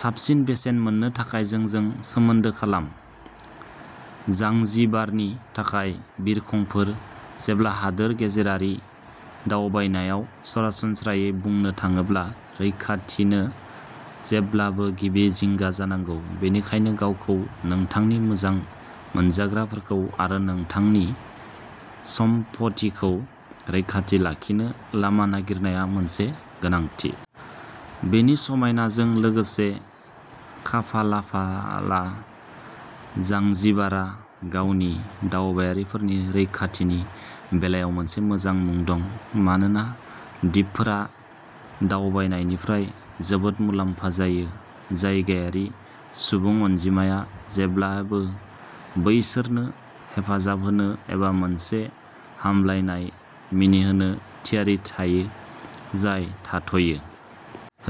साबसिन बेसेन मोननो थाखाय जोंजों सोमोन्दो खालाम। जांजिबारनि थाखाय बिरखंफोर। जेब्ला हादोर गेजेरारि दावबायनायाव, सरासनस्रायै बुंनो थाङोब्ला, रैखाथिानो जेब्लाबो गिबि जिंगा जानांगौ। बेनिखायनो गावखौ, नोंथांनि मोजां मोनजाग्राफोरखौ आरो नोंथांनि सम्फथिखौ रैखाथि लाखिनो लामा नागिरनाया मोनसे गोनांथि। बेनि समायनाजों लोगोसे, खाफालाफाला जांजिबारा गावनि दावबायारिफोरनि रैखाथिनि बेलायाव मोनसे मोजां मुं दं। मानोना दिपफोरा दावबायनायनिफ्राय जोबोद मुलाम्फा जायो, जायगायारि सुबुं अनजिमाया जेब्लाबो बैसोरनो हेफाजाब होनो एबा मोनसे हामलायनाय मिनिहोनो थियारि थायो, जाय थाथ'यो।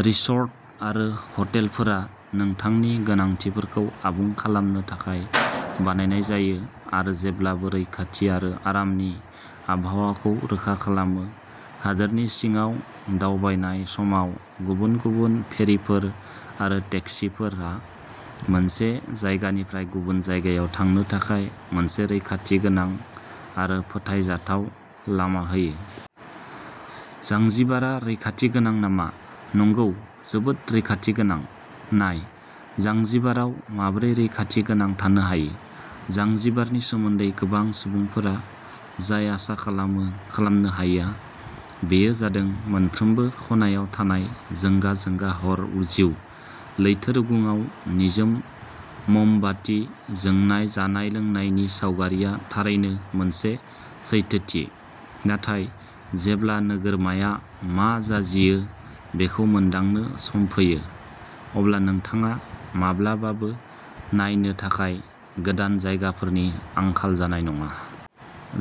रिसर्ट आरो हटेलफोरा नोंथांनि गोनांथिफोरखौ आबुं खालामनो थाखाय बानायनाय जायो, आरो जेब्लाबो रैखाथि आरो आरामनि आबहावाखौ रोखा खालामो। हादोरनि सिङाव दावबायनाय समाव, गुबुन गुबुन फेरिफोर आरो टेक्सिफोरा मोनसे जायगानिफ्राय गुबुन जायगायाव थांनो थाखाय मोनसे रैखाथिगोनां आरो फोथायजाथाव लामा होयो। जांजिबारा रैखाथि गोनां नामा? नंगौ, जोबोद रैखाथि गोनां। नायः जांजिबाराव माबोरै रैखाथि गोनां थानो हायो। जांजिबारनि सोमोन्दै गोबां सुबुंफोरा जाय आसा खालामो खालामनो हायो, बेयो जादों मोनफ्रोमबो खनायाव थानाय जोंगा-जोंगा हर जिउ। लैथो रुगुंआव निजोम मोमबाति जोंनाय जानाय-लोंनायनि सावगारिआ थारैनो मोनसे सैथोथि, नाथाय जेब्ला नोगोरमाया मा जासियो बेखौ मोनदांनो सम फैयो, अब्ला नोंथाङा माब्लाबाबो नायनो थाखाय गोदान जायगाफोरनि आंखाल जानाय नङा।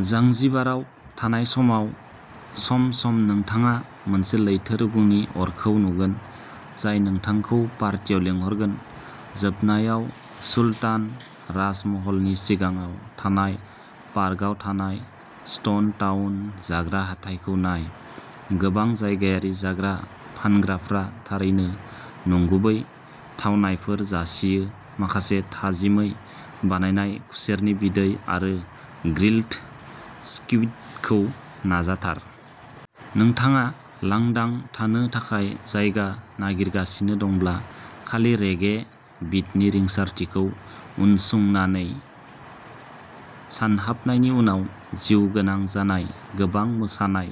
जांजिबाराव थानाय समाव सम-सम नोंथाङा मोनसे लैथो रुगुंनि अरखौ नुगोन, जाय नोंथांखौ पार्टियाव लिंहरगोन। जोबनायाव, सुल्तान राजमहलनि सिगाङाव थानाय पार्कआव थानाय स्टोन टाउन जाग्रा हाथाइखौ नाय। गोबां जायगायारि जाग्रा फानग्राफ्रा थारैनो नंगुबै थावनायफोर जासियो-माखासे थाजिमै बानायनाय खुसेरनि बिदै आरो ग्रिल्ड स्क्विडखौ नाजाथार। नोंथाङा लांदां थानो थाखाय जायगा नागिरगासिनो दंब्ला, खालि रेगे बिटनि रिंसारथिखौ उनसंनानै सानहाबनायनि उनाव जिउगोनां जानाय गोबां मोसानाय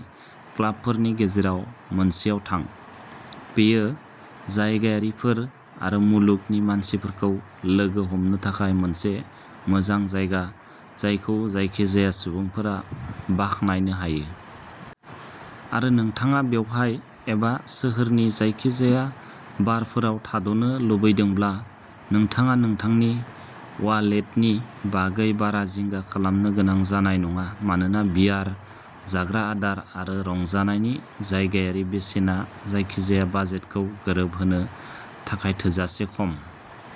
क्लाबफोरनि गेजेराव मोनसेयाव थां। बेयो जायगायारिफोर आरो मुलुगनि मानसिफोरखौ लोगो हमनो थाखाय मोनसे मोजां जायगा, जायखौ जायखिजाया सुबुंफोरा बाखनायनो हायो। आरो नोंथाङा बेवहाय एबा सोहोरनि जायखिजाया बारफोराव थाद'नो लुबैदोंब्ला, नोंथाङा नोंथांनि वालेटनि बागै बारा जिंगा खालामनो गोनां जानाय नङा, मानोना बियार, जाग्रा आदार आरो रंजानायनि जायगायारि बेसेना जायखिजाया बाजेटखौ गोरोबहोनो थाखाय थोजासे खम।